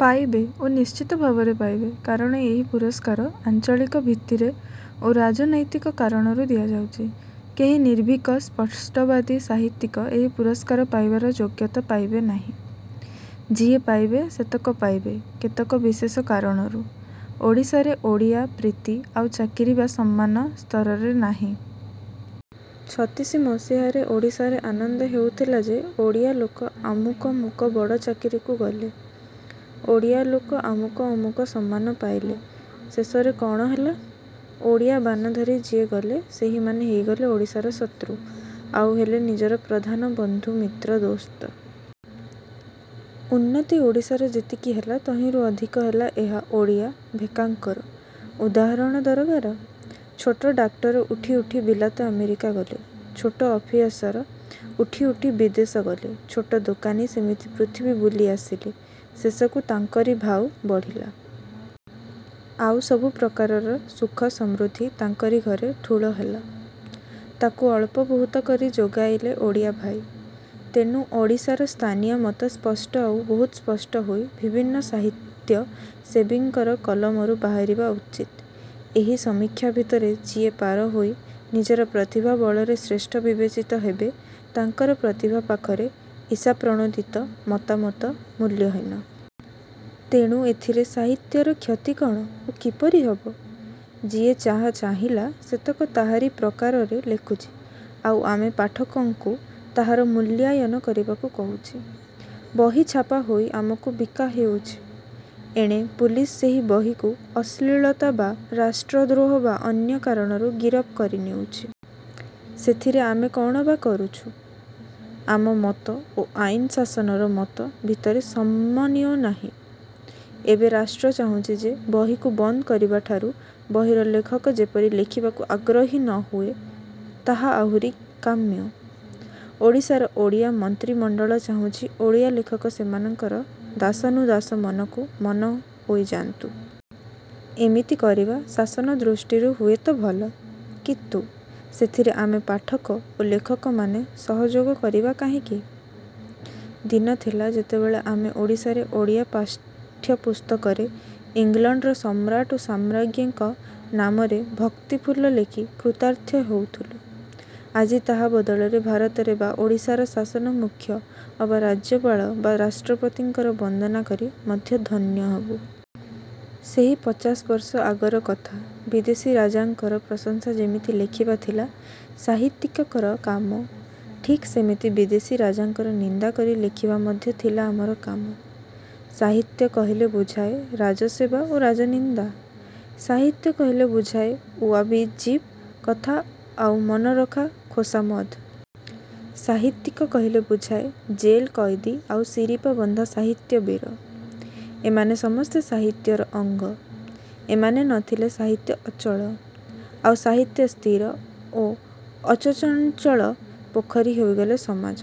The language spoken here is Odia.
ପାଇବେ ଓ ନିଶ୍ଚିତ ଭାବରେ ପାଇବେ। କାରଣ ଏହି ପୁରସ୍କାର ଆଞ୍ଚଳିକ ଭିତ୍ତିରେ ଓ ରାଜନୈତିକ କାରଣରୁ ଦିଆଯାଉଛି। କେହି ନିର୍ଭୀକ ସ୍ପଷ୍ଟବାଦୀ ସାହିତ୍ୟିକ ଏହି ପୁରସ୍କାର ପାଇବାର ଯୋଗ୍ୟତା ପାଇବେ ନାହିଁ। ଯିଏ ପାଇବେ ସେତକ ପାଇବେ କେତେକ ବିଶେଷ କାରଣରୁ। ଓଡ଼ିଶାରେ ଓଡ଼ିଆ ପ୍ରୀତି ଆଉ ଚାକିରି ବା ସମ୍ମାନ ସ୍ତରରେ ନାହିଁ। ଛତିଶି ମସିହାରେ ଓଡ଼ିଶାରେ ଆନନ୍ଦ ହେଉଥିଲା ଯେ ଓଡ଼ିଆ ଲୋକ ଅମୁକ ମୁକ ବଡ଼ ଚାକିରୀକୁ ଗଲେ। ଓଡ଼ିଆ ଲୋକ ଅମୁକ ଅମୁକ ସମ୍ମାନ ପାଇଲେ। ଶେଷରେ କ'ଣ ହେଲା? ଓଡ଼ିଆ ବାନାଧରି ଯିଏ ଗଲେ ସେହିମାନେ ହେଇଗଲେ ଓଡ଼ିଶାର ଶତ୍ରୁ। ଆଉ ହେଲେ ନିଜର ପ୍ରଧାନ ବନ୍ଧୁ-ମିତ୍ର-ଦୋସ୍ତ। ଉନ୍ନତି ଓଡ଼ିଶାର ଯେତିକି ହେଲା ତହିଁରୁ ଅଧିକ ହେଲା ଏହି ଓଡ଼ିଆ-ଭେକାଙ୍କର। ଉଦାହରଣ ଦରକାର। ଛୋଟ ଡାକ୍ତର ଉଠି ଉଠି ବିଲାତ ଆମେରିକା ଗଲେ। ଛୋଟ ଓଭରସିଅର ଉଠି ଉଠି ବିଦେଶ ଗଲେ। ଛୋଟ ଦୋକାନୀ ସେମିତି ପୃଥିବୀ ବୁଲି ଆସିଲେ। ଶେଷକୁ ତାଙ୍କରି ଭାଉ ବଢ଼ିଲା। ଆଉ ସବୁ ପ୍ରକାରର ସୁଖ ସମୃଦ୍ଧି ତାଙ୍କରି ଘରେ ଠୁଳ ହେଲା-ତାକୁ ଅଳ୍ପ ବହୁତ କରି ଯୋଗାଇଲେ ଓଡ଼ିଆ ଭାଇ। ତେଣୁ ଓଡ଼ିଶାର ସ୍ଥାନୀୟ ମତ ସ୍ପଷ୍ଟ ଆଉ ବହୁତ ସ୍ପଷ୍ଟ ହୋଇ ବିଭିନ୍ନ ସାହିତ୍ୟସେବୀଙ୍କର କଲମରୁ ବାହାରିବା ଉଚିତ୍। ଏହି ସମୀକ୍ଷା ଭିତରେ ଯିଏ ପାର ହୋଇ ନିଜର ପ୍ରତିଭା ବଳରେ ଶ୍ରେଷ୍ଠ ବିବେଚିତ ହେବେ ତାଙ୍କର ପ୍ରତିଭା ପାଖରେ ଈଷାପ୍ରଣୋଦିତ ମତାମତ ମୂଲ୍ୟହୀନ। ତେଣୁ ଏଥିରେ ସାହିତ୍ୟର କ୍ଷତି କ'ଣ ଓ କିପରି ହେବ? ଯିଏ ଯାହା ଚାହିଁଲା ସେତକ ତାହାରି ପ୍ରକାରରେ ଲେଖୁଛି ଆଉ ଆମେ ପାଠକଙ୍କୁ ତାହାର ମୂଲ୍ୟାୟନ କରିବାକୁ କହୁଛି। ବହି ଛାପା ହୋଇ ଆମକୁ ବିକା ହେଉଛି। ଏଣେ ପୁଲିସ ସେହି ବହିକୁ ଅଶ୍ଳୀଳତା ବା ରାଷ୍ଟ୍ରଦ୍ରୋହ ବା ଅନ୍ୟ କାରଣରୁ ଗିରଫ କରି ନେଉଛି। ସେଥିରେ ଆମେ କ'ଣ ବା କରୁଛୁ? ଆମ ମତ ଓ ଆଇନ ଶାସନର ମତ ଭିତରେ ସମନ୍ୱୟ ନାହିଁ। ଏବେ ରାଷ୍ଟ୍ର ଚାହୁଁଛି ଯେ ବହିକୁ ବନ୍ଦ କରିବାଠାରୁ ବହିର ଲେଖକ ଯେପରି ଲେଖିବାକୁ ଆଗ୍ରହୀ ନ ହୁଏ-ତାହା ଆଉରି କାମ୍ୟ। ଓଡ଼ିଶାର ଓଡ଼ିଆ ମନ୍ତ୍ରୀମଣ୍ତଳ ଚାହୁଁଛି ଓଡ଼ିଆ ଲେଖକ ସେମାନଙ୍କର ଦାସାନୁଦାସ ମନକୁ ମନ ହୋଇଯାନ୍ତୁ। ଏମିତି କରିବା ଶାସନ ଦୃଷ୍ଟିରୁ ହୁଏ ତ ଭଲ-। କିନ୍ତୁ ସେଥିରେ ଆମେ ପାଠକ ଓ ଲେଖକମାନେ ସହଯୋଗ କରିବା କାହିଁକି? ଦିନଥିଲା ଯେତେବେଳେ ଆମେ ଓଡ଼ିଶାରେ ଓଡ଼ିଆ ପାଠ୍ୟପୁସ୍ତକରେ ଇଂଲଣ୍ତର ସମ୍ରାଟ୍ ଓ ସାମ୍ରାଜ୍ଞୀଙ୍କ ନାମରେ ଭକ୍ତିଫୁଲ ଲେଖି କୃତାର୍ଥ ହୋଇଥିଲୁ। ଆଜି ତାହା ବଦଳରେ ଭାରତରେ ବା ଓଡ଼ିଶାର ଶାସନ ମୁଖ୍ୟ ଅବା ରାଜ୍ୟପାଳ ବା ରାଷ୍ଟ୍ରପତିଙ୍କର ବନ୍ଦନା କରି ମଧ୍ୟ ଧନ୍ୟ ହେବୁ। ସେହି ପଚାଶବର୍ଷ ଆଗର କଥା। ବିଦେଶୀ ରାଜାଙ୍କର ପ୍ରଶଂସା ଯେମିତି ଲେଖିବା ଥିଲା ସାହିତ୍ୟିକର କାମ, ଠିକ୍ ସେମିତି ବିଦେଶୀ ରାଜାଙ୍କର ନିନ୍ଦା କରି ଲେଖିବା ମଧ୍ୟ ଥିଲା ଆମର କାମ। ସାହିତ୍ୟ କହିଲେ ବୁଝାଏ ରାଜସେବା ଓ ରାଜନିନ୍ଦା। ସାହିତ୍ୟ କହିଲେ ବୁଝାଏ ଉଆଜିବ୍ କଥା ଆଉ ମନରଖା ଖୋସାମଦ୍। ସାହିତ୍ୟିକ କହିଲେ ବୁଝାଏ ଜେଲ କଏଦୀ ଆଉ ଶିରିପା ବନ୍ଧା ସାହିତ୍ୟ ବୀର। ଏମାନେ ସମସ୍ତେ ସାହିତ୍ୟର ଅଙ୍ଗ। ଏମାନେ ନ ଥିଲେ ସାହିତ୍ୟ ଅଚଳ। ଆଉ ସାହିତ୍ୟ ସ୍ଥିର ଓ ଅଚଞ୍ଚଳ ପୋଖରୀ ହେଇଗଲେ ସମାଜ